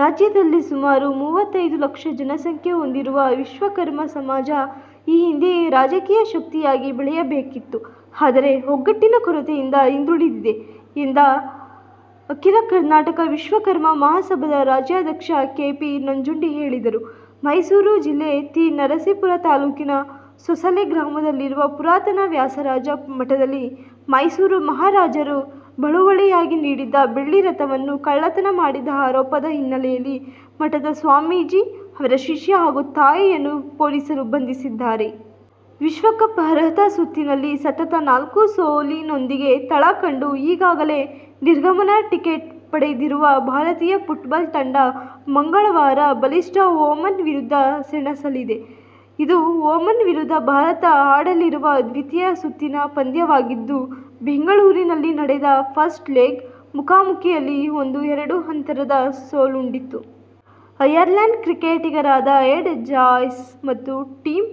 ರಾಜ್ಯದಲ್ಲಿ ಸುಮಾರು ಮೂವತ್ತೈದು ಲಕ್ಷ ಜನಸಂಖ್ಯೆ ಹೊಂದಿರುವ ವಿಶ್ವಕರ್ಮ ಸಮಾಜ ಈ ಹಿಂದೆಯೇ ರಾಜಕೀಯ ಶಕ್ತಿಯಾಗಿ ಬೆಳೆಯಬೇಕಿತ್ತು. ಆದರೆ, ಒಗ್ಗಟ್ಟಿನ ಕೊರತೆಯಿಂದ ಹಿಂದುಳಿದಿದೆ ಎಂದು ಅಖಿಲ ಕರ್ನಾಟಕ ವಿಶ್ವಕರ್ಮ ಮಹಾಸಭಾದ ರಾಜ್ಯಾಧ್ಯಕ್ಷ ಕೆ. ಪಿ. ನಂಜುಂಡಿ ಹೇಳಿದರು. ಮೈಸೂರು ಜಿಲ್ಲೆ ತಿ. ನರಸೀಪುರ ತಾಲೂಕಿನ ಸೋಸಲೆ ಗ್ರಾಮದಲ್ಲಿರುವ ಪುರಾತನ ವ್ಯಾಸರಾಜ ಮಠದಲ್ಲಿ ಮೈಸೂರು ಮಹಾರಾಜರು ಬಳುವಳಿಯಾಗಿ ನೀಡಿದ್ದ ಬೆಳ್ಳಿರಥವನ್ನು ಕಳ್ಳತನ ಮಾಡಿದ್ದ ಆರೋಪದ ಹಿನ್ನೆಲೆಯಲ್ಲಿ ಮಠದ ಸ್ವಾಮೀಜಿ, ಅವರ ಶಿಷ್ಯ ಹಾಗೂ ತಾಯಿಯನ್ನು ಪೊಲೀಸರು ಬಂಧಿಸಿದ್ದಾರೆ. ವಿಶ್ವಕಪ್ ಅರ್ಹತಾ ಸುತ್ತಿನಲ್ಲಿ ಸತತ ನಾಲ್ಕು ಸೋಲಿನೊಂದಿಗೆ ತಳ ಕಂಡು ಈಗಾಗಲೇ ನಿರ್ಗಮನ ಟಿಕೆಟ್ ಪಡೆದಿರುವ ಭಾರತೀಯ ಫುಟ್ಬಾಲ್ ತಂಡ ಮಂಗಳವಾರ ಬಲಿಷ್ಠ ಒಮಾನ್ ವಿರುದ್ಧ ಸೆಣಸಲಿದೆ. ಇದು ಒಮಾನ್ ವಿರುದ್ಧ ಭಾರತ ಆಡಲಿರುವ ದ್ವಿತೀಯ ಸುತ್ತಿನ ಪಂದ್ಯವಾಗಿದ್ದು, ಬೆಂಗಳೂರಿನಲ್ಲಿ ನಡೆದ "ಫಸ್ಟ್ ಲೆಗ್' ಮುಖಾಮುಖಿಯಲ್ಲಿ ಒಂದು-ಎರಡು ಅಂತರದ ಸೋಲುಂಡಿತ್ತು. ಅಯರ್ಲ್ಯಾಂಡ್ ಕ್ರಿಕೆಟಿಗರಾದ ಎಡ್ ಜಾಯ್ಸ ಮತ್ತು ಟಿಮ್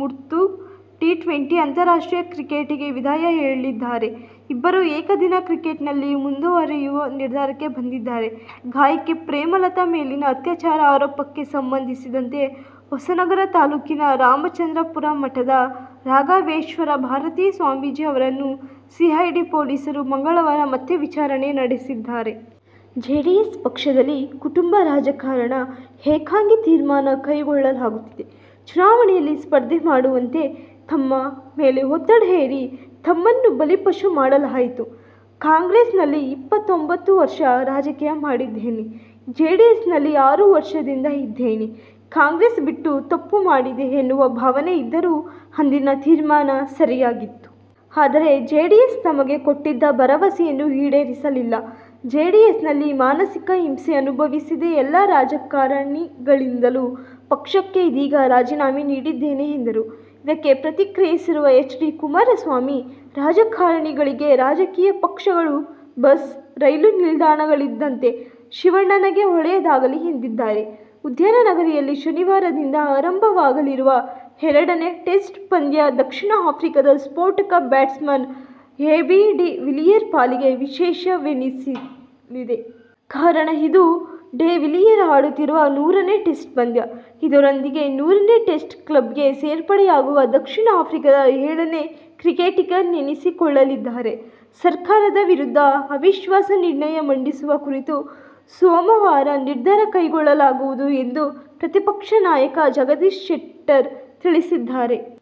ಮುರ್ತುಗ್ ಟಿ-ಟ್ವೆಂಟಿ ಅಂತಾರಾಷ್ಟ್ರೀಯ ಕ್ರಿಕೆಟಿಗೆ ವಿದಾಯ ಹೇಳಿದ್ದಾರೆ. ಇಬ್ಬರೂ ಏಕದಿನ ಕ್ರಿಕೆಟ್ನಲ್ಲಿ ಮುಂದುವರಿಯುವ ನಿರ್ಧಾರಕ್ಕೆ ಬಂದಿದ್ದಾರೆ. ಗಾಯಕಿ ಪ್ರೇಮಲತಾ ಮೇಲಿನ ಅತ್ಯಾಚಾರ ಆರೋಪಕ್ಕೆ ಸಂಬಂಧಿಸಿದಂತೆ ಹೊಸನಗರ ತಾಲೂಕಿನ ರಾಮಚಂದ್ರಾಪುರ ಮಠದ ರಾಘವೇಶ್ವರ ಭಾರತಿ ಸ್ವಾಮೀಜಿ ಅವರನ್ನು ಸಿಐಡಿ ಪೊಲೀಸರು ಮಂಗಳವಾರ ಮತ್ತೆ ವಿಚಾರಣೆ ನಡೆಸಿದ್ದಾರೆ. ಜೆಡಿಎಸ್ ಪಕ್ಷದಲ್ಲಿ ಕುಟುಂಬ ರಾಜಕಾರಣ, ಏಕಾಂಗಿ ತೀರ್ಮಾನ ಕೈಗೊಳ್ಳಲಾಗುತ್ತಿದೆ. ಚುನಾವಣೆಯಲ್ಲಿ ಸ್ಪರ್ಧೆ ಮಾಡುವಂತೆ ತಮ್ಮ ಮೇಲೆ ಒತ್ತಡ ಹೇರಿ ತಮ್ಮನ್ನು ಬಲಿಪಶು ಮಾಡಲಾಯಿತು. ಕಾಂಗ್ರೆಸ್ನಲ್ಲಿ ಇಪ್ಪತ್ತೊಂಬತ್ತು ವರ್ಷ ರಾಜಕೀಯ ಮಾಡಿದ್ದೇನೆ. ಜೆಡಿಎಸ್ನಲ್ಲಿ ಆರು ವರ್ಷದಿಂದ ಇದ್ದೇನೆ. ಕಾಂಗ್ರೆಸ್ ಬಿಟ್ಟು ತಪ್ಪು ಮಾಡಿದೆ ಎನ್ನುವ ಭಾವನೆ ಇದ್ದರೂ ಅಂದಿನ ತೀರ್ಮಾನ ಸರಿಯಾಗಿತ್ತು. ಆದರೆ ಜೆಡಿಎಸ್ ತಮಗೆ ಕೊಟ್ಟಿದ್ದ ಭರವಸೆಯನ್ನು ಈಡೇರಿಸಲಿಲ್ಲ. ಜೆಡಿಎಸ್ನಲ್ಲಿ ಮಾನಸಿಕ ಹಿಂಸೆ ಅನುಭವಿಸಿದೆ ಎಲ್ಲ ಕಾರಣಗಳಿಂದಲೂ ಪಕ್ಷಕ್ಕೆ ಇದೀಗ ರಾಜೀನಾಮೆ ನೀಡಿದ್ದೇನೆ ಎಂದರು. ಇದಕ್ಕೆ ಪ್ರತಿಕ್ರಿಯಿಸಿರುವ ಎಚ್. ಡಿ. ಕುಮಾರಸ್ಮಾಮಿ, ರಾಜಕಾರಣಿಗಳಿಗೆ ರಾಜಕೀಯ ಪಕ್ಷಗಳು ಬಸ್, ರೈಲು ನಿಲ್ದಾಣಗಳಿದ್ದಂತೆ. ಶಿವಣ್ಣಗೆ ಒಳ್ಳೆಯದಾಗಲಿ ಎಂದಿದ್ದಾರೆ. ಉದ್ಯಾನನಗರಿಯಲ್ಲಿ ಶನಿವಾರದಿಂದ ಆರಂಭವಾಗಲಿರುವ ಎರಡನೇ ಟೆಸ್ಟ್ ಪಂದ್ಯ ದಕ್ಷಿಣ ಆಫ್ರಿಕಾದ ಸ್ಫೋಟಕ ಬ್ಯಾಟ್ಸ್ಮನ್ ಎಬಿ ಡಿವಿಲಿಯರ್ ಪಾಲಿಗೆ ವಿಶೇಷವೆನಿಸಲಿದೆ. ಕಾರಣ, ಇದು ಡಿವಿಲಿಯರ್ ಆಡುತ್ತಿರುವ ನೂರನೇ ಟೆಸ್ಟ್ ಪಂದ್ಯ. ಇದರೊಂದಿಗೆ ನೂರನೇ ಟೆಸ್ಟ್ ಕ್ಲಬ್ಗೆ ಸೇರ್ಪಡೆಯಾಗುವ ದಕ್ಷಿಣ ಆಫ್ರಿಕಾದ ಏಳನೇ ಕ್ರಿಕೆಟಿಗನೆನಿಸಿಕೊಳ್ಳಲಿದ್ದಾರೆ. ಸರ್ಕಾರದ ವಿರುದ್ಧ ಅವಿಶ್ವಾಸ ನಿರ್ಣಯ ಮಂಡಿಸುವ ಕುರಿತು ಸೋಮವಾರ ನಿರ್ಧಾರ ಕೈಗೊಳ್ಳಲಾಗುವುದು ಎಂದು ಪ್ರತಿಪಕ್ಷ ನಾಯಕ ಜಗದೀಶ್ ಶೆಟ್ಟರ್ ತಿಳಿಸಿದ್ದಾರೆ.